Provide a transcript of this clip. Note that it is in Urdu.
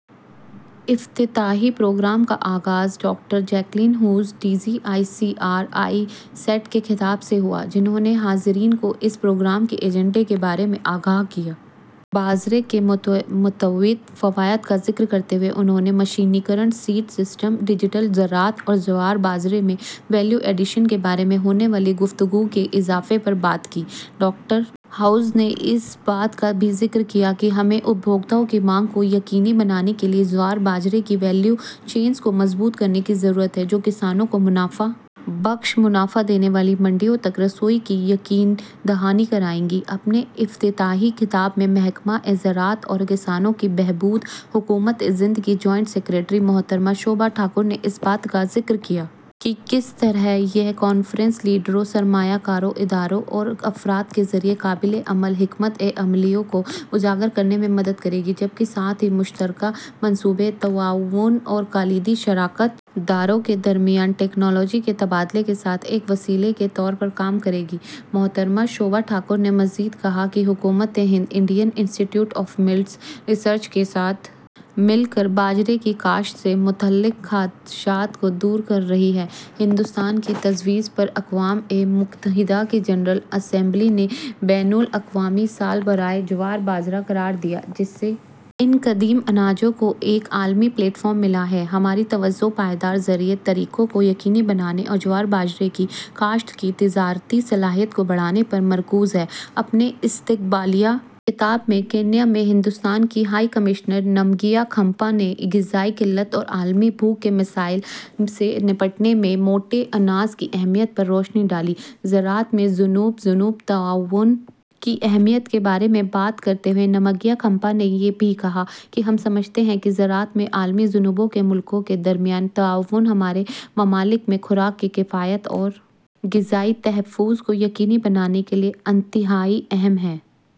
افتتاحی پروگرام کا آغاز doctor Jacqueline Hughes D G I C R I S A T کے خطاب سے ہوا جنہوں نے حاضرین کو اس پروگرام کے ایجنڈے کے بارے میں آگاہ کیا باجرے کے متعدد فوائد کا ذکر کرتے ہوئے انہوں نے میکانائزیشن سیڈ سسٹم ڈیجیٹل زراعت اور جوار باجرے میں ویلیو ایڈیشن کے بارے میں ہونے والی گفتگو کے اضافے پر بات کی ڈاکٹر ہیوز نے اس بات کا بھی ذکر کیا کہ ہمیں صارفین کی مانگ کو یقینی بنانے کے لیے جوار باجرے کی ویلیو چینز کو مضبوط کرنے کی ضرورت ہے جو کسانوں کو منافع بخش منڈیوں تک رسائی کی یقین دہانی کرائے گی اپنے افتتاحی خطاب میں محکمہ زراعت اور کسانوں کی بہبود حکومت ہند کی جوائنٹ سکریٹری محترمہ شوبھا ٹھاکر نے اس بات کا ذکر کیا کہ کس طرح یہ کانفرنس لیڈروں سرمایہ کاروں اداروں اور افراد کے ذریعہ قابل عمل حکمت عملیوں کو اجاگر کرنے میں مدد کرے گی جبکہ ساتھ ہی مشترکہ منصوبے تعاون اور کلیدی شراکت داروں کے درمیان ٹیکنالوجی کے تبادلے کے ساتھ ایک وسیلے کے طور پر کام کرے گی محترمہ شوبھا ٹھاکر نے مزید کہا کہ حکومت Hind Indian Institute of Millets Research کے ساتھ مل کر باجرے کی کاشت سے متعلق خدشات کو دور کر رہی ہے ہندوستان کی تجویز پر اقوام متحدہ کی جنرل اسمبلی نے بین الاقوامی سال برائے جوار باجرہ قرار دیا جس سے ان قدیم اناجوں کو ایک عالمی پلیٹ فارم ملا ہے ہماری توجہ پائیدار زرعی طریقوں کو یقینی بنانے اور جوار باجرے کی کاشت کی تجارتی صلاحیت کو بڑھانے پر مرکوز ہے اپنے استقبالیہ خطاب میں کینیا میں ہندوستان کی ہائی کمشنر نمگیا کھمپا نے غذائی قلت اور عالمی بھوک کے مسائل سے نمٹنے میں موٹے اناج کی اہمیت پر روشنی ڈالی زراعت میں جنوب جنوب تعاون کی اہمیت کے بارے میں بات کرتے ہوئے نمگیا کھمپا نے بھی کہا کہ ہم سمجھتے ہیں کہ زراعت میں عالمی جنوبی ممالک کے درمیان تعاون ہمارے ممالک میں خوراک کی کفایت اور غذائی تحفظ کو یقینی بنانے کے لیے انتہائی اہم ہے